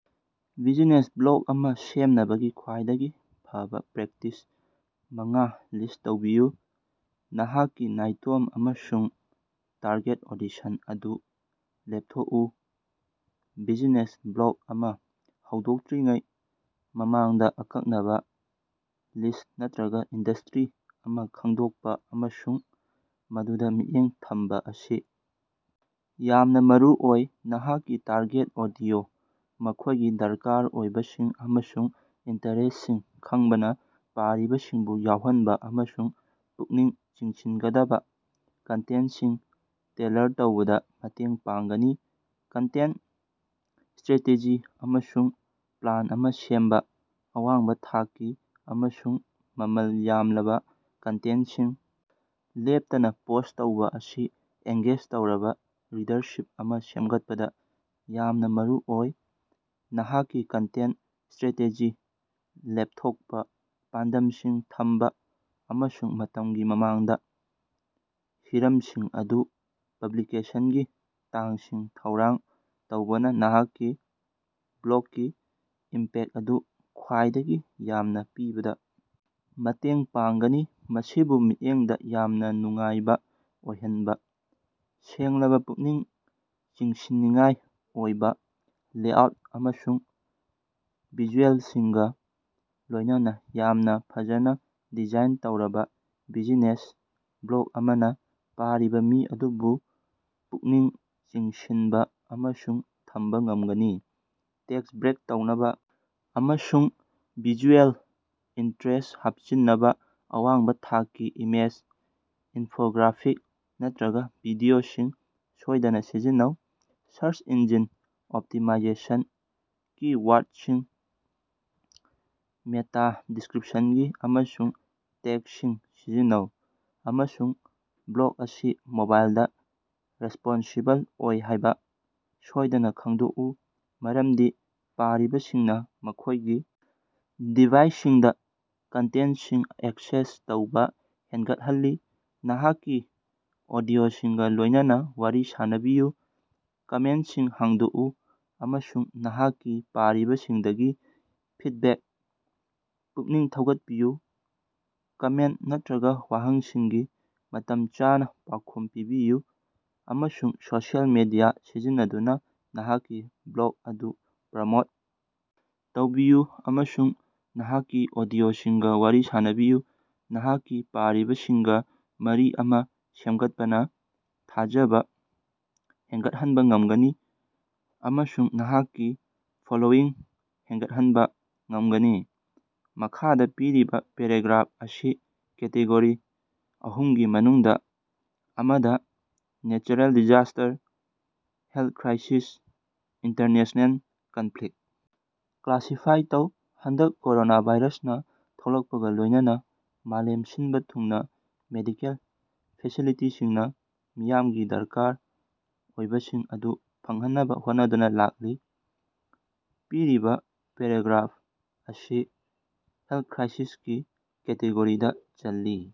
Business block ꯑꯃꯥ ꯁꯦꯝꯅꯕꯒꯤ ꯈ꯭ꯋꯥꯏꯗꯒꯤ ꯐꯕꯥ ꯄ꯭ꯔꯦꯛꯇꯤꯁ ꯃꯉꯥ ꯂꯤꯁ ꯇꯧꯕꯤꯌꯨ꯫ ꯅꯍꯥꯛꯀꯤ ꯅꯥꯏꯇꯣꯝ ꯑꯃꯁꯨꯡ ꯇꯥꯔꯒꯦꯠ ꯑꯣꯗꯤꯁꯟ ꯑꯗꯨ ꯂꯦꯞꯊꯣꯛꯎ: ꯕꯤꯖꯤꯅꯦꯁ ꯕ꯭ꯂꯣꯛ ꯑꯃꯥ ꯍꯧꯗꯣꯛꯇ꯭ꯔꯤꯉꯩ ꯃꯃꯥꯡꯗꯥ, ꯑꯀꯛꯅꯕꯥ ꯅꯤꯆ ꯅꯠꯇ꯭ꯔꯒꯥ ꯏꯟꯗꯁꯇ꯭ꯔꯤ ꯑꯃꯥ ꯈꯪꯗꯣꯛꯄꯥ ꯑꯃꯁꯨꯡ ꯃꯗꯨꯗꯥ ꯃꯤꯠꯌꯦꯡ ꯊꯝꯕꯥ ꯑꯁꯤ ꯌꯥꯝꯅꯥ ꯃꯔꯨꯑꯣꯏ꯫ ꯅꯍꯥꯛꯀꯤ ꯇꯥꯔꯒꯦꯠ ꯑꯣꯗꯤꯑꯣ, ꯃꯈꯣꯏꯒꯤ ꯗꯔꯀꯥꯔ ꯑꯣꯏꯕꯁꯤꯡ ꯑꯃꯁꯨꯡ ꯏꯟꯇꯔꯦꯁꯁꯤꯡ ꯈꯪꯕꯅꯥ ꯄꯥꯔꯤꯕꯁꯤꯡꯕꯨ ꯌꯥꯎꯍꯟꯕꯥ ꯑꯃꯁꯨꯡ ꯄꯨꯛꯅꯤꯡ ꯆꯤꯡꯁꯤꯟꯒꯗꯕꯥ ꯀꯟꯇꯦꯟꯁꯤꯡ ꯇꯦꯜꯂꯔ ꯇꯧꯕꯗꯥ ꯃꯇꯦꯡ ꯄꯥꯡꯒꯅꯤ꯫ ꯀꯟꯇꯦꯟꯇ ꯁ꯭ꯇꯔꯦꯇꯦꯖꯤ ꯑꯃꯁꯨꯡ ꯄ꯭ꯂꯥꯟ ꯑꯃꯥ ꯁꯦꯝꯕꯥ: ꯑꯋꯥꯡꯕꯥ ꯊꯥꯛꯀꯤ ꯑꯃꯁꯨꯡ ꯃꯃꯜ ꯌꯥꯝꯂꯕꯥ ꯀꯟꯇꯦꯟꯇꯁꯤꯡ ꯂꯦꯞꯇꯅꯥ ꯄꯣꯁ ꯇꯧꯕꯥ ꯑꯁꯤ ꯑꯦꯡꯒꯦꯖ ꯇꯧꯔꯕꯥ ꯔꯤꯗꯔꯁꯤꯞ ꯑꯃꯥ ꯁꯦꯝꯒꯠꯄꯗꯥ ꯌꯥꯝꯅꯥ ꯃꯔꯨꯑꯣꯏ꯫ ꯅꯍꯥꯛꯀꯤ ꯀꯟꯇꯦꯟꯇ ꯁ꯭ꯇꯔꯦꯇꯦꯖꯤ ꯂꯦꯞꯊꯣꯛꯄꯥ, ꯄꯥꯟꯗꯝꯁꯤꯡ ꯊꯝꯕꯥ ꯑꯃꯁꯨꯡ ꯃꯇꯝꯒꯤ ꯃꯃꯥꯡꯗꯥ ꯍꯤꯔꯝꯁꯤꯡ ꯑꯗꯨ ꯄꯕ꯭ꯂꯤꯀꯦꯁꯟꯒꯤ ꯇꯥꯡꯁꯤꯡ ꯊꯧꯔꯥꯡ ꯇꯧꯕꯅꯥ ꯅꯍꯥꯛꯀꯤ ꯕ꯭ꯂꯣꯛꯀꯤ ꯏꯝꯄꯦꯛ ꯑꯗꯨ ꯈ꯭ꯋꯥꯏꯗꯒꯤ ꯌꯥꯝꯅꯥ ꯄꯤꯕꯗꯥ ꯃꯇꯦꯡ ꯄꯥꯡꯒꯅꯤ꯫ ꯃꯁꯤꯕꯨ ꯃꯤꯠꯌꯦꯡꯗꯥ ꯌꯥꯝꯅꯥ ꯅꯨꯡꯉꯥꯏꯕꯥ ꯑꯣꯏꯍꯟꯕꯥ: ꯁꯦꯡꯂꯕꯥ, ꯄꯨꯛꯅꯤꯡ ꯆꯤꯡꯁꯤꯟꯅꯤꯡꯉꯥꯏ ꯑꯣꯏꯕꯥ ꯂꯦꯑꯥꯎꯠ ꯑꯃꯁꯨꯡ ꯚꯤꯖꯨꯑꯦꯜꯁꯤꯡꯒꯥ ꯂꯣꯏꯅꯅꯥ ꯌꯥꯝꯅꯥ ꯐꯖꯅꯥ ꯗꯤꯖꯥꯏꯟ ꯇꯧꯔꯕꯥ ꯕꯤꯖꯤꯅꯦꯁ ꯕ꯭ꯂꯣꯛ ꯑꯃꯅꯥ ꯄꯥꯔꯤꯕꯥ ꯃꯤ ꯑꯗꯨꯕꯨ ꯄꯨꯛꯅꯤꯡ ꯆꯤꯡꯁꯤꯟꯕꯥ ꯑꯃꯁꯨꯡ ꯊꯝꯕꯥ ꯉꯝꯒꯅꯤ꯫ ꯇꯦꯛꯁ ꯕ꯭ꯔꯦꯛ ꯇꯧꯅꯕꯥ ꯑꯃꯁꯨꯡ ꯚꯤꯖꯨꯑꯦꯜ ꯏꯟꯇ꯭ꯔꯦꯁ ꯍꯥꯞꯆꯤꯟꯅꯕꯥ ꯑꯋꯥꯡꯕꯥ ꯊꯥꯛꯀꯤ ꯏꯃꯦꯖ, ꯏꯟꯐꯣꯒ꯭ꯔꯥꯐꯤꯛ ꯅꯠꯇ꯭ꯔꯒꯥ ꯚꯤꯗꯤꯑꯣꯁꯤꯡ ꯁꯣꯏꯗꯅꯥ ꯁꯤꯖꯤꯟꯅꯧ꯫ ꯁꯔꯁ ꯏꯟꯖꯤꯟ ꯑꯣꯞꯇꯤꯃꯥꯏꯖꯦꯁꯟ ꯀꯤ-ꯋꯥꯔꯗꯁꯤꯡ, ꯃꯦꯇꯥ ꯗꯤꯁꯀ꯭ꯔꯤꯞꯁꯟꯁꯤꯡ ꯑꯃꯁꯨꯡ ꯇꯦꯛꯁꯤꯡ ꯁꯤꯖꯤꯟꯅꯧ ꯑꯃꯁꯨꯡ ꯕ꯭ꯂꯣꯛ ꯑꯁꯤ ꯃꯣꯕꯥꯏꯜꯗꯥ ꯔꯦꯁꯄꯣꯟꯁꯤꯕꯜ ꯑꯣꯏ ꯍꯥꯏꯕꯥ ꯁꯣꯏꯗꯅꯥ ꯈꯪꯗꯣꯛꯎ, ꯃꯔꯝꯗꯤ ꯄꯥꯔꯤꯕꯁꯤꯡꯅꯥ ꯃꯈꯣꯏꯒꯤ ꯗꯤꯚꯥꯏꯁꯁꯤꯡꯗꯥ ꯀꯟꯇꯦꯟꯇꯁꯤꯡ ꯑꯦꯛꯁꯦꯁ ꯇꯧꯕꯥ ꯍꯦꯟꯒꯠꯍꯜꯂꯤ꯫ ꯅꯍꯥꯛꯀꯤ ꯑꯣꯗꯤꯑꯣꯁꯤꯡꯒꯥ ꯂꯣꯏꯅꯅꯥ ꯋꯥꯔꯤ ꯁꯥꯅꯕꯤꯌꯨ: ꯀꯃꯦꯟꯇꯁꯤꯡ ꯍꯥꯡꯗꯣꯛꯎ ꯑꯃꯁꯨꯡ ꯅꯍꯥꯛꯀꯤ ꯄꯥꯔꯤꯕꯁꯤꯡꯗꯒꯤ ꯐꯤꯠꯕꯦꯛ ꯄꯨꯛꯅꯤꯡ ꯊꯧꯒꯠꯄꯤꯌꯨ꯫ ꯀꯃꯦꯟꯇ ꯅꯠꯇ꯭ꯔꯒꯥ ꯋꯥꯍꯪꯁꯤꯡꯒꯤ ꯃꯇꯝ ꯆꯥꯅꯥ ꯄꯥꯎꯈꯨꯝ ꯄꯤꯕꯤꯌꯨ ꯑꯃꯁꯨꯡ ꯁꯣꯁꯤꯑꯦꯜ ꯃꯤꯗꯤꯌꯥ ꯁꯤꯖꯤꯟꯅꯗꯨꯅꯥ ꯅꯍꯥꯛꯀꯤ ꯕ꯭ꯂꯣꯛ ꯑꯗꯨ ꯄ꯭ꯔꯃꯣꯠ ꯇꯧꯕꯤꯌꯨ ꯑꯃꯁꯨꯡ ꯅꯍꯥꯛꯀꯤ ꯑꯣꯗꯤꯑꯣꯁꯤꯡꯒꯥ ꯋꯥꯔꯤ ꯁꯥꯅꯕꯤꯌꯨ꯫ ꯅꯍꯥꯛꯀꯤ ꯄꯥꯔꯤꯕꯁꯤꯡꯒꯥ ꯃꯔꯤ ꯑꯃꯥ ꯁꯦꯝꯒꯠꯄꯅꯥ ꯊꯥꯖꯕꯥ ꯍꯦꯟꯒꯠꯍꯟꯕꯥ ꯉꯝꯒꯅꯤ ꯑꯃꯁꯨꯡ ꯅꯍꯥꯛꯀꯤ ꯐꯣꯂꯣꯋꯤꯡ ꯍꯦꯟꯒꯠꯍꯟꯕꯥ ꯉꯝꯒꯅꯤ꯫ ꯃꯈꯥꯗꯥ ꯄꯤꯔꯤꯕꯥ ꯄꯦꯔꯥꯒ꯭ꯔꯥꯐ ꯑꯁꯤ ꯀꯦꯇꯦꯒꯣꯔꯤ ꯑꯍꯨꯝꯒꯤ ꯃꯅꯨꯡꯗꯥ ꯑꯃꯗꯥ (natural disaster, health crisis, international conflict) classify ꯇꯧ꯫ ꯍꯟꯗꯛ ꯀꯣꯔꯣꯅꯥꯚꯥꯏꯔꯁꯅꯥ ꯊꯣꯛꯂꯛꯄꯒꯥ ꯂꯣꯏꯅꯅꯥ ꯃꯥꯂꯦꯝ ꯁꯤꯟꯕꯥ ꯊꯨꯡꯅꯥ ꯃꯦꯗꯤꯀꯦꯜ ꯐꯦꯁꯤꯂꯤꯇꯤꯁꯤꯡꯅꯥ ꯃꯤꯌꯥꯝꯒꯤ ꯗꯔꯀꯥꯔ ꯑꯣꯏꯕꯁꯤꯡ ꯑꯗꯨ ꯐꯪꯍꯟꯅꯕꯥ ꯍꯣꯠꯅꯗꯨꯅꯥ ꯂꯥꯛꯂꯤ꯫ ꯄꯤꯔꯤꯕꯥ ꯄꯦꯔꯥꯒ꯭ꯔꯥꯐ ꯑꯁꯤ ꯍꯦꯜꯊ ꯀ꯭ꯔꯥꯏꯁꯤꯁꯀꯤ ꯀꯦꯇꯦꯒꯣꯔꯤꯗꯥ ꯆꯜꯂꯤ꯫